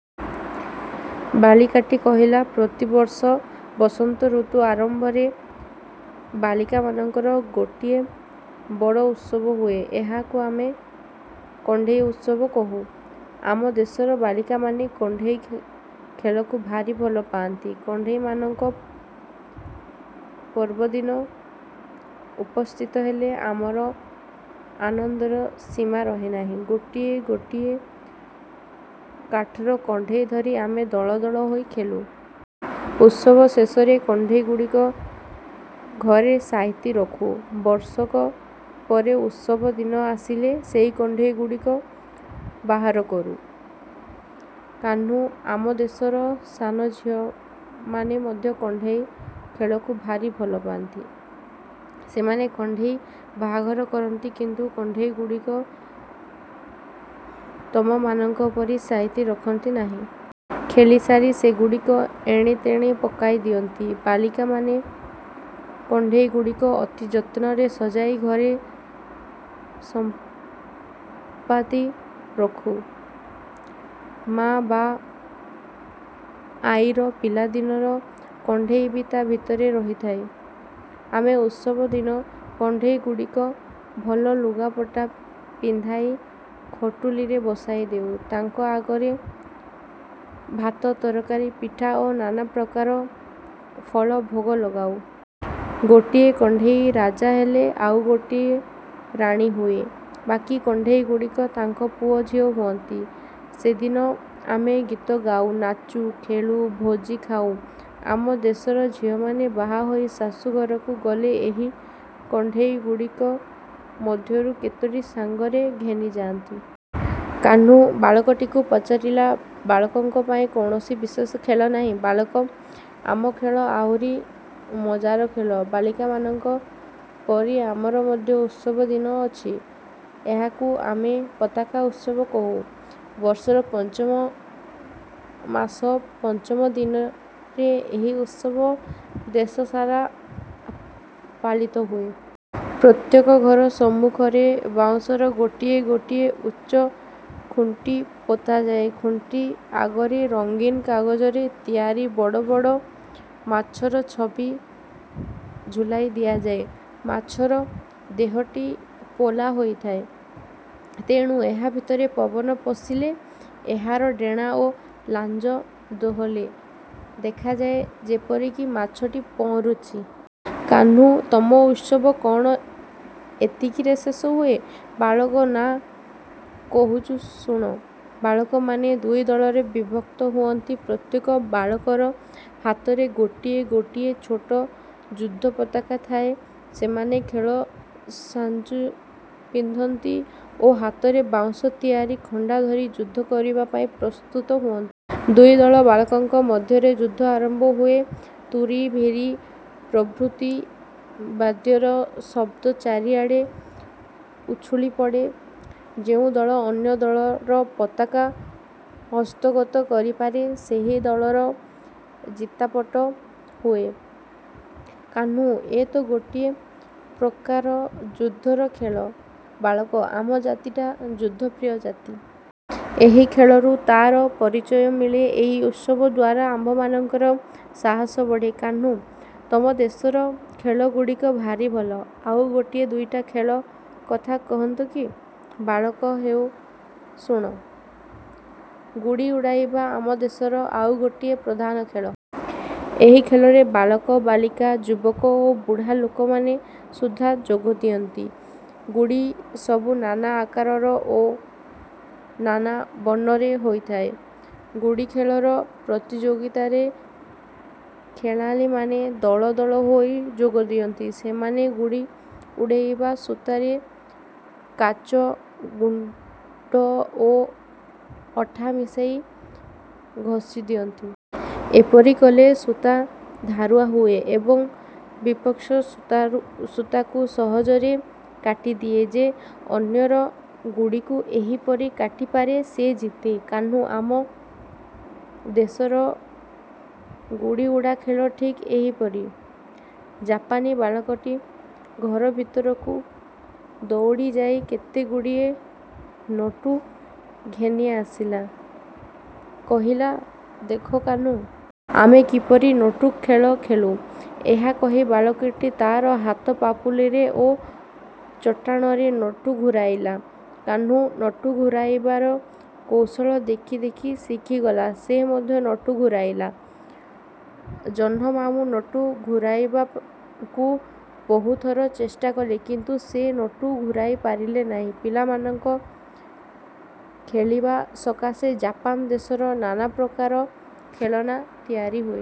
ବାଳିକାଟି କହିଲା-ପ୍ରତିବର୍ଷ ବସନ୍ତ ଋତୁ ଆରମ୍ଭରେ ବାଳିକାମାନଙ୍କର ଗୋଟିଏ ବଡ଼ ଉତ୍ସବ ହୁଏ। ଏହାକୁ ଆମେ "କଣ୍ଢେଇ ଉତ୍ସବ" କହୁ। ଆମ ଦେଶର ବାଳିକାମାନେ କଣ୍ଢେଇ ଖେଳକୁ ଭାରି ଭଲ ପାଆନ୍ତି। କଣ୍ଢେଇମାନଙ୍କ ପର୍ବଦିନ ଉପସ୍ଥିତ ହେଲେ ଆମର ଆନନ୍ଦର ସୀମା ରହେ ନାହିଁ। ଗୋଟିଏ ଗୋଟିଏ କାଠର କଣ୍ଢେଇ ଧରି ଆମେ ଦଳ ଦଳ ହୋଇ ଖେଳୁ। ଉତ୍ସବ ଶେଷରେ କଣ୍ଢେଇଗୁଡ଼ିକ ଘରେ ସାଇତି ରଖୁ। ବର୍ଷକ ପରେ ଉତ୍ସବ ଦିନ ଆସିଲେ ସେହି କଣ୍ଢେଇଗୁଡ଼ିକ ବାହାର କରୁ। କାହ୍ନୁ-ଆମ ଦେଶର ସାନଝିଅମାନେ ମଧ୍ୟ କଣ୍ଢେଇ ଖେଳକୁ ଭାରି ଭଲ ପାଆନ୍ତି। ସେମାନେ "କଣ୍ଢେଇ ବାହାଘର" କରନ୍ତି। କିନ୍ତୁ କଣ୍ଢେଇଗୁଡ଼ିକ ତମମାନଙ୍କ ପରି ସାଇତି ରଖନ୍ତି ନାହିଁ। ଖେଳିସାରି ସେଗୁଡ଼ିକ ଏଣେତେଣେ ପକାଇ ଦିଅନ୍ତି। ବାଳିକା-ଆମେ କଣ୍ଢେଇଗୁଡ଼ିକ ଅତି ଯତ୍ନରେ ସଜାଇ ଘରେ ସମ୍ପାଦି ରଖୁ। ମା' ବା ଆଈର ପିଲାଦିନର କଣ୍ଢେଇ ବି ତା' ଭିତରେ ରହିଥାଏ। ଆମେ ଉତ୍ସବ ଦିନ କଣ୍ଢେଇଗୁଡ଼ିକ ଭଲ ଲୁଗାପଟା ପିନ୍ଧାଇ ଖଟୁଲିରେ ବସାଇ ଦେଉ। ତାଙ୍କ ଆଗରେ ଭାତ, ତରକାରୀ, ପିଠା, ଓ ନାନାପ୍ରକାର ଫଳ ଭୋଗ ଲଗାଉ। ଗୋଟିଏ କଣ୍ଢେଇ ରାଜା ହେଲେ ଆଉ ଗୋଟିଏ ରାଣୀ ହୁଏ। ବାକୀ କଣ୍ଢେଇଗୁଡ଼ିକ ତାଙ୍କ ପୁଅ ଝିଅ ହୁଅନ୍ତି। ସେଦିନ ଆମେ ଗୀତ ଗାଉ, ନାଚୁ, ଖେଳୁ, ଭୋଜି ଖାଉ। ଆମ ଦେଶର ଝିଅମାନେ ବାହାହୋଇ ଶାଶୁଘରକୁ ଗଲେ ଏହି କଣ୍ଢେଇଗୁଡ଼ିକ ମଧ୍ୟରୁ କେତୋଟି ସାଙ୍ଗରେ ଘେନି ଯାଆନ୍ତି। କାହ୍ନୁ ବାଳକଟିକୁ ପଚାରିଲା-ବାଳକଙ୍କ ପାଇଁ କୌଣସି ବିଶେଷ ଖେଳ ନାହିଁ? ବାଳକ-ଆମ ଖେଳ ଆହୁରି ମଜାର ଖେଳ। ବାଳିକାମାନଙ୍କ ପରି ଆମର ମଧ୍ୟ ଉତ୍ସବ ଦିନ ଅଛି। ଏହାକୁ ଆମେ "ପତାକା ଉତ୍ସବ" କହୁ। ବର୍ଷର ପଞ୍ଚମ ମାସ ପଞ୍ଚମ ଦିନରେ ଏହି ଉତ୍ସବ ଦେଶସାରା ପାଳିତ ହୁଏ। ପ୍ରତ୍ୟେକଘର ସମ୍ମୁଖରେ ବାଉଁଶର ଗୋଟିଏ ଗୋଟିଏ ଉଚ୍ଚ ଖୁଣ୍ଟି ପୋତାଯାଏ। ଖୁଣ୍ଟି ଆଗରେ ରଙ୍ଗିନ କାଗଜରେ ତିଆରି ବଡ଼ବଡ଼ ମାଛର ଛବି ଝୁଲାଇ ଦିଆଯାଏ। ମାଛର ଦେହଟି ପୋଲା ହୋଇଥାଏ। ତେଣୁ ଏହା ଭିତରେ ପବନ ପଶିଲେ ଏହାର ଡେଣା ଓ ଲାଞ୍ଜ ଦୋହଲେ। ଦେଖାଯାଏ ଯେପରିକି ମାଛଟି ପହଁରୁଛି। କାହ୍ନୁ-ତମ ଉତ୍ସବ କ'ଣଏତିକି ରେ ଶେଷ ହୁଏ? ବାଳକ-ନାଁ, କହୁଛୁ ଶୁଣ। ବାଳକମାନେ ଦୁଇ ଦଳରେ ବିଭକ୍ତ ହୁଅନ୍ତି। ପ୍ରତ୍ୟେକ ବାଳକର ହାତରେ ଗୋଟିଏ ଗୋଟିଏ ଛୋଟ ଯୁଦ୍ଧ ପତାକା ଥାଏ। ସେମାନେ ଖେଳ-ସାଞ୍ଜୁ ପିନ୍ଧନ୍ତି ଓ ହାତରେ ବାଉଁଶ ତିଆରି ଖଣ୍ଡା ଧରି ଯୁଦ୍ଧ କରିବା ପାଇଁ ପ୍ରସ୍ତୁତ ହୁଅନ୍ତି। ଦୁଇଦଳ ବାଳକଙ୍କ ମଧ୍ୟରେ ଯୁଦ୍ଧ ଆରମ୍ଭ ହୁଏ। ତୂରୀ, ଭେରୀ ପ୍ରଭୃତି ବାଦ୍ୟର ଶବ୍ଦ ଚାରିଆଡ଼େ ଉଛୁଳି ପଡ଼େ। ଯେଉଁ ଦଳ ଅନ୍ୟ ଦଳର ପତାକା ହସ୍ତଗତ କରିପାରେ ସେହି ଦଳର ଜିତାପଟ ହୁଏ। କାହ୍ନୁ-ଏ ତ ଗୋଟାଏ ପ୍ରକାର ଯୁଦ୍ଧର ଖେଳ! ବାଳକ-ଆମ ଜାତିଟା ଯୁଦ୍ଧପ୍ରିୟ ଜାତି। ଏହି ଖେଳରୁ ତାର ପରିଚୟ ମିଳେ। ଏହି ଉତ୍ସବ ଦ୍ଵାରା ଆମ୍ଭମାନଙ୍କର ସାହସ ବଢ଼େ। କାହ୍ନୁ-ତମ ଦେଶର ଖେଳଗୁଡ଼ିକ ଭାରି ଭଲ। ଆଉ ଗୋଟାଏ ଦୁଇଟା ଖେଳ କଥା କହନ୍ତ କି? ବାଳକ-ହେଉ ଶୁଣ। ଗୁଡ଼ି ଉଡ଼ାଇବା ଆମ ଦେଶର ଆଉ ଗୋଟିଏ ପ୍ରଧାନ ଖେଳ। ଏହି ଖେଳରେ ବାଳକ, ବାଳିକା, ଯୁବକ ଓ ବୁଢ଼ାଲୋକମାନେ ସୁଦ୍ଧା ଯୋଗ ଦିଅନ୍ତି। ଗୁଡ଼ି ସବୁ ନାନା ଆକାରର ଓ ନାନା ବର୍ଣ୍ଣରେ ହୋଇଥାଏ। ଗୁଡ଼ି ଖେଳର ପ୍ରତିଯୋଗିତାରେ ଖେଳାଳୀମାନେ ଦଳ ଦଳ ହୋଇ ଯୋଗ ଦିଅନ୍ତି। ସେମାନେ ଗୁଡ଼ି ଉଡ଼େଇବା ସୂତାରେ କାଚ ଗୁଣ୍ଡ ଓ ଅଠା ମିଶାଇ ଘଷି ଦିଅନ୍ତି। ଏପରି କଲେ ସୂତା ଧାରୁଆ ହୁଏ ଏବଂ ବିପକ୍ଷ ସୂତାକୁ ସହଜରେ କାଟିଦିଏ-। ଯେ ଅନ୍ୟର ଗୁଡ଼ିକୁ ଏହିପରି କାଟିପାରେ, ସେ ଜିତେ। କାହ୍ନୁ-ଆମ ଦେଶର ଗୁଡ଼ିଉଡ଼ା ଖେଳ ଠିକ୍ ଏହିପରି।। ଜାପାନୀ ବାଳକଟି ଘର ଭିତରକୁ ଦଉଡ଼ିଯାଇ କେତେଗୁଡ଼ିଏ ନଟୁ ଘେନିଆସିଲା କହିଲା-ଦେଖ କାହ୍ନୁ! ଆମେ କିପରି ନଟୁ ଖେଳ ଖେଳୁ। ଏହା କହି ବାଳକଟି ତା'ର ହାତ ପାପୁଲିରେ ଓ ଚଟାଣରେ ନଟୁ ଘୂରାଇଲା। କାହ୍ନୁ ନଟୁ ଘୂରାଇବାର କୌଶଳ ଦେଖି ଦେଖି ଶିଖିଗଲା। ସେ ମଧ୍ୟ ନଟୁ ଘୂରାଇଲା। ଜହ୍ନମାମୁଁ ନଟୁ ଘୂରାଇବାକୁ ବହୁ ଥର ଚେଷ୍ଟା କଲେ, କିନ୍ତୁ ସେ ନଟୁ ଘୂରାଇ ପାରିଲେ ନାହିଁ। ପିଲାମାନଙ୍କ ଖେଳିବା ସକାଶେ ଜାପାନ ଦେଶର ନାନାପ୍ରକାର ଖେଳନା ତିଆରି ହୁଏ-।